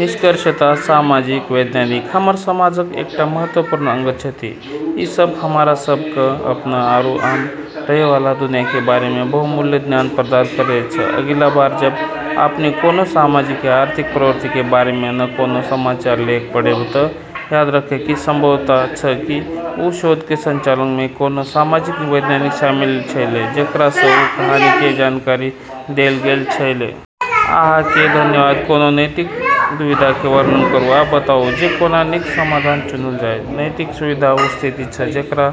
निष्कर्षतः सामाजिक वैज्ञानिक हमर समाजक एकटा महत्वपूर्ण अंग छथि। ई सब हमरा सब क॑ अपनऽ आरू हम्मं॑ रहै वाला दुनिया के बारे म॑ बहुमूल्य ज्ञान प्रदान करै छै। अगिला बार जब॑ आपने कोनो सामाजिक या आर्थिक प्रवृत्ति के बारे म॑ कोनो समाचार लेख पढ़बै त॑ याद रखै कि संभव छै कि वू शोध के संचालन म॑ कोनो सामाजिक वैज्ञानिक शामिल छेलै जेकरा स॑ वू कहानी के जानकारी देलऽ गेलऽ छेलै। अहां कें धन्यवाद. कोनो नैतिक दुविधा के वर्णन करू आ बताउ जे कोना नीक समाधान चुनल जाय। नैतिक दुविधा वू स्थिति छै, जेकरा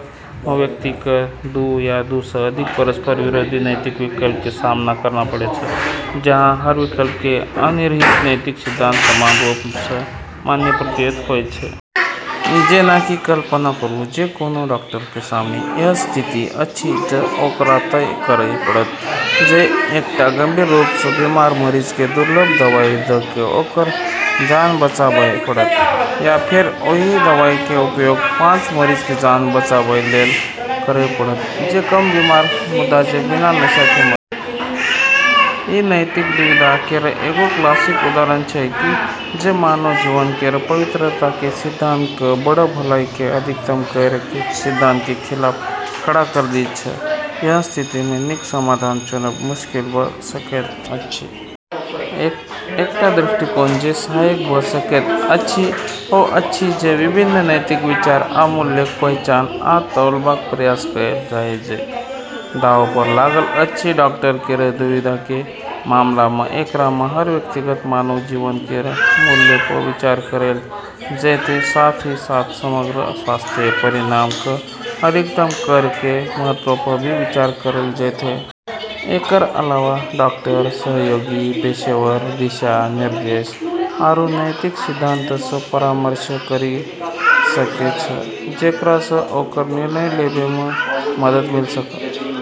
म॑ व्यक्ति क॑ दू या दू स॑ अधिक परस्पर विरोधी नैतिक विकल्प के सामना करना पड़ै छै, जहाँ हर विकल्प के अंतर्निहित नैतिक सिद्धांत समान रूप स॑ मान्य प्रतीत होय छै। जेना कि कल्पना करू जे कोनो डॉक्टर के सामने एहन स्थिति अछि जे ओकरा ई तय करय पड़त जे एकटा गंभीर रूप सं बीमार मरीज के दुर्लभ दवाई द क ओकर जान बचाबय पड़त, या फेर ओहि दवाई के उपयोग पांच मरीज के जान बचाबय लेल करय पड़त जे कम बीमार मुदा जे बिना नशा के मरत। ई नैतिक दुविधा केरऽ एगो क्लासिक उदाहरण छेकै जे मानव जीवन केरऽ पवित्रता के सिद्धांत क॑ बड़ऽ भलाई के अधिकतम करै के सिद्धांत के खिलाफ खड़ा करी दै छै। एहन स्थिति मे नीक समाधान चुनब मुश्किल भ सकैत अछि। एकटा दृष्टिकोण जे सहायक भ सकैत अछि ओ अछि जे विभिन्न नैतिक विचार आ मूल्यक पहचान आ तौलबाक प्रयास कयल जाय जे दांव पर लागल अछि। डॉक्टर केरऽ दुविधा के मामला म॑ एकरा म॑ हर व्यक्तिगत मानव जीवन केरऽ मूल्य प॑ विचार करलऽ जैतै, साथ ही साथ समग्र स्वास्थ्य परिणाम क॑ अधिकतम करै के महत्व प॑ भी विचार करलऽ जैतै। एकरऽ अलावा, डॉक्टर सहयोगी, पेशेवर दिशा-निर्देश, आरू नैतिक सिद्धांतऽ स॑ परामर्श करी सकै छै जेकरा स॑ ओकरऽ निर्णय लेबै म॑ मदद मिल॑ सक॑।